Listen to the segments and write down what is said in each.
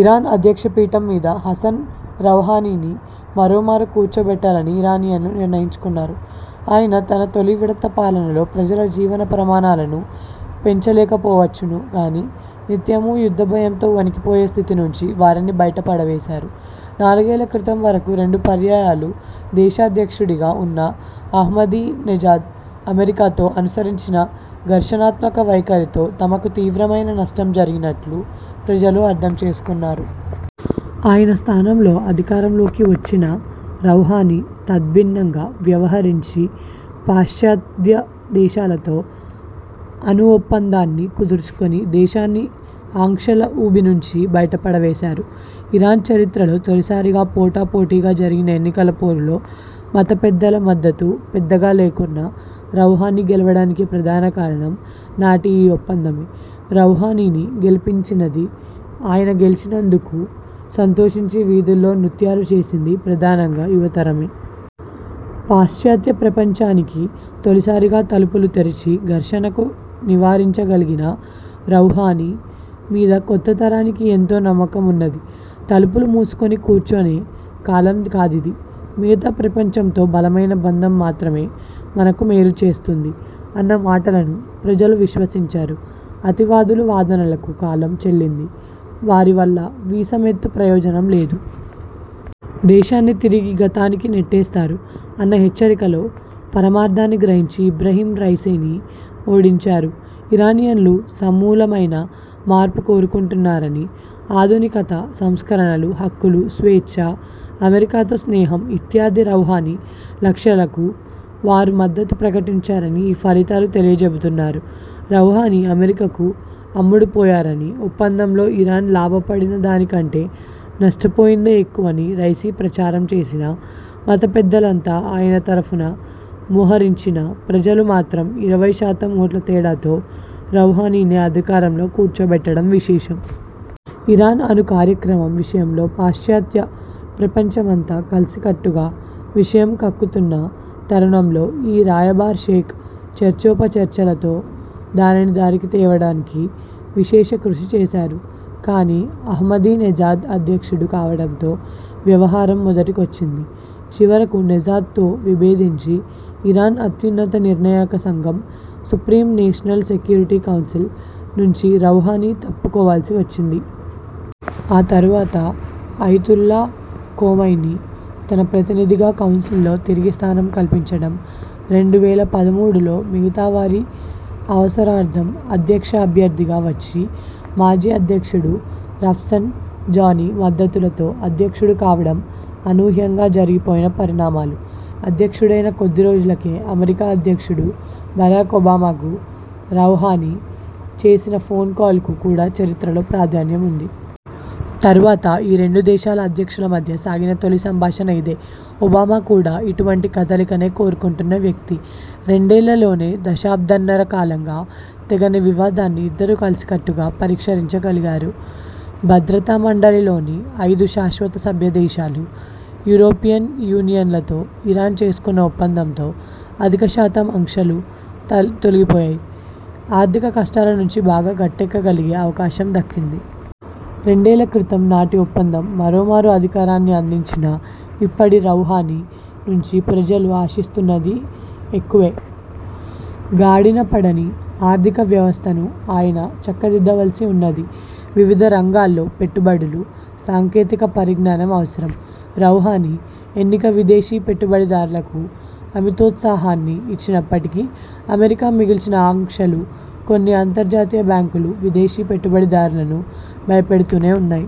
Iran అధ్యక్షపీఠం మీద Hassan రౌహానీని మరోమారు కూర్చోబెట్టాలని ఇరానియన్లు నిర్ణయించుకున్నారు. ఆయన తన తొలివిడత పాలనలో ప్రజల జీవన ప్రమాణాలను పెంచలేకపోవచ్చును గానీ, నిత్యమూ యుద్ధభయంతో వొణికిపోయే స్థితి నుంచి వారిని బయటపడవేశారు. నాలుగేళ్ళ క్రితం వరకూ రెండు పర్యాయాలు దేశాధ్యక్షుడిగా ఉన్న అహ్మదినెజాద్ అమెరికాతో అనుసరించిన ఘర్షణాత్మక వైఖరితో తమకు తీవ్రమైన నష్టం జరిగినట్లు ప్రజలు అర్థం చేసుకున్నారు. ఆయన స్థానంలో అధికారంలోకి వచ్చిన రౌహానీ తద్భిన్నంగా వ్యవహరించి, పాశ్చాత్యదేశాలతో అణుఒప్పందాన్ని కుదర్చుకొని దేశాన్ని ఆంక్షల ఊబినుంచి బయటపడవేశారు. ఇరాన్ చరిత్రలో తొలిసారిగా పోటాపోటీగా జరిగిన ఎన్నికల పోరులో, మతపెద్దల మద్దతు పెద్దగా లేకున్నా రౌహానీ గెలవడానికి ప్రధాన కారణం నాటి ఈ ఒప్పందమే. రౌహానీని గెలిపించినదీ, ఆయన గెలిచినందుకు సంతోషించి వీధుల్లో నృత్యాలు చేసిందీ ప్రధానంగా యువతరమే. పాశ్చాత్య ప్రపంచానికి తొలిసారిగా తలుపులు తెరిచి, ఘర్షణను నివారించగలిగిన రౌహానీ మీద కొత్తతరానికి ఎంతో నమ్మకం ఉన్నది. 'తలుపులు మూసుకొని కూర్చొనే కాలం కాదిది, మిగతా ప్రపంచంతో బలమైన బంధం మాత్రమే మనకు మేలుచేస్తుంది' అన్న మాటలను ప్రజలు విశ్వసించారు. 'అతివాదుల వాదనలకు కాలం చెల్లింది, వారి వల్ల వీసమెత్తు ప్రయోజనం లేదు. దేశాన్ని తిరిగి గతానికి నెట్టేస్తారు' అన్న హెచ్చరికలో పరమార్థాన్ని గ్రహించి ఇబ్రహీం రైసీని ఓడించారు. ఇరానియన్లు సమూలమైన మార్పు కోరుకుంటున్నారనీ, ఆధునికత, సంస్కరణలు, హక్కులు, స్వేచ్ఛ, అమెరికాతో స్నేహం ఇత్యాది రౌహానీ లక్ష్యాలకు వారు మద్దతు ప్రకటించారని ఈ ఫలితాలు తెలియచెబుతున్నారు. రౌహానీ అమెరికాకు అమ్ముడుపోయారనీ, ఒప్పందంలో ఇరాన్ లాభపడిన దాని కంటే నష్టపోయిందే ఎక్కువని రైసీ ప్రచారం చేసినా, మతపెద్దలంతా ఆయన తరఫున మోహరించినా ప్రజలు మాత్రం ఇరవై శాతం ఓట్ల తేడాతో రౌహానీనే అధికారంలో కూర్చోబెట్టడం విశేషం. ఇరాన్ అణు కార్యక్రమం విషయంలో పాశ్చాత్య ప్రపంచమంతా కలసికట్టుగా విషం కక్కుతున్న తరుణంలో, ఈ 'రాయబార షేక్' చర్చోపచర్చలతో దానిని దారికి తేవడానికి విశేష కృషి చేశారు. కానీ, అహ్మదినెజాద్ అధ్యక్షుడు కావడంతో వ్యవహారం మొదటికొచ్చింది. చివరకు నెజాద్తో విభేదించి ఇరాన్ అత్యున్నత నిర్ణాయక సంఘం 'సుప్రీం నేషనల్ సెక్యూరిటీ కౌన్సిల్' నుంచి రౌహానీ తప్పుకోవలసి వచ్చింది. ఆ తరువాత అయతుల్లా ఖొమైనీ తన ప్రతినిధిగా కౌన్సిల్లో తిరిగి స్థానం కల్పించడం, రెండు వేల పదమూడులో మిగతావారి అవసరార్థం అధ్యక్ష అభ్యర్థిగా వచ్చి, మాజీ అధ్యక్షుడు రఫ్సన్ జానీ మద్దతుతో అధ్యక్షుడు కావడం అనూహ్యంగా జరిగిపోయిన పరిణామాలు. అధ్యక్షుడైన కొద్దిరోజులకే అమెరికా అధ్యక్షుడు బరాక్ ఒమాబాకు రౌహానీ చేసిన ఫోన్ కాల్ కు కూడా చరిత్రలో ప్రాధాన్యం ఉంది. తరువాత ఈ రెండు దేశాల అధ్యక్షుల మధ్య సాగిన తొలిసంభాషణ ఇదే. ఒబామా కూడా ఇటువంటి కదలికనే కోరుకుంటున్న వ్యక్తి. రెండేళ్ళలోనే దశాబ్దంన్నర కాలంగా తెగని వివాదాన్ని ఇద్దరూ కలసికట్టుగా పరిష్కరించగలిగారు. భద్రతామండలిలోని ఐదు శాశ్వత సభ్యదేశాలు, యూరోపియన్ యూనియన్లతో ఇరాన్ చేసుకున్న ఒప్పందంతో అధిక శాతం ఆంక్షలు తొలిగిపోయి, ఆర్థిక కష్టాల నుంచి బాగా గట్టెక్కగలిగే అవకాశం దక్కింది. రెండేళ్ళ క్రితం నాటి ఒప్పందం మరోమారు అధికారాన్ని అందించినా, ఇప్పుడు రౌహానీ నుంచి ప్రజలు ఆశిస్తున్నది ఎక్కువే. గాడినపడని ఆర్థిక వ్యవస్థను ఆయన చక్కదిద్దవలసి ఉన్నది. వివిధ రంగాల్లో పెట్టుబడులు, సాంకేతిక పరిజ్ఞానం అవసరం. రౌహానీ ఎన్నిక విదేశీ పెట్టుబడిదారులకు అమితోత్సాహాన్ని ఇచ్చినప్పటికీ, అమెరికా మిగిల్చిన ఆంక్షలు కొన్ని అంతర్జాతీయ బ్యాంకులు, విదేశీ పెట్టుబడిదారులను భయపెడుతూనే ఉన్నాయి.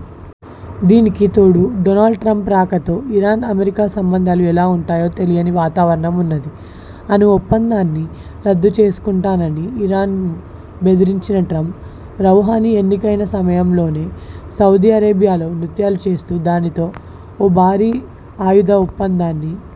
దీనికి తోడు డొనాల్డ్ ట్రంప్ రాకతో, ఇరాన్ అమెరికా సంబంధాలు ఎలా ఉంటాయో తెలియని వాతావరణం ఉన్నది. అణు ఒప్పందాన్ని రద్దుచేసుకుంటానని ఇరాన్ను బెదిరించిన ట్రంప్, రౌహానీ ఎన్నికైన సమయంలోనే సౌదీ అరేబియాలో నృత్యాలు చేస్తూ దానితో ఓ భారీ ఆయుధ ఒప్పందాన్ని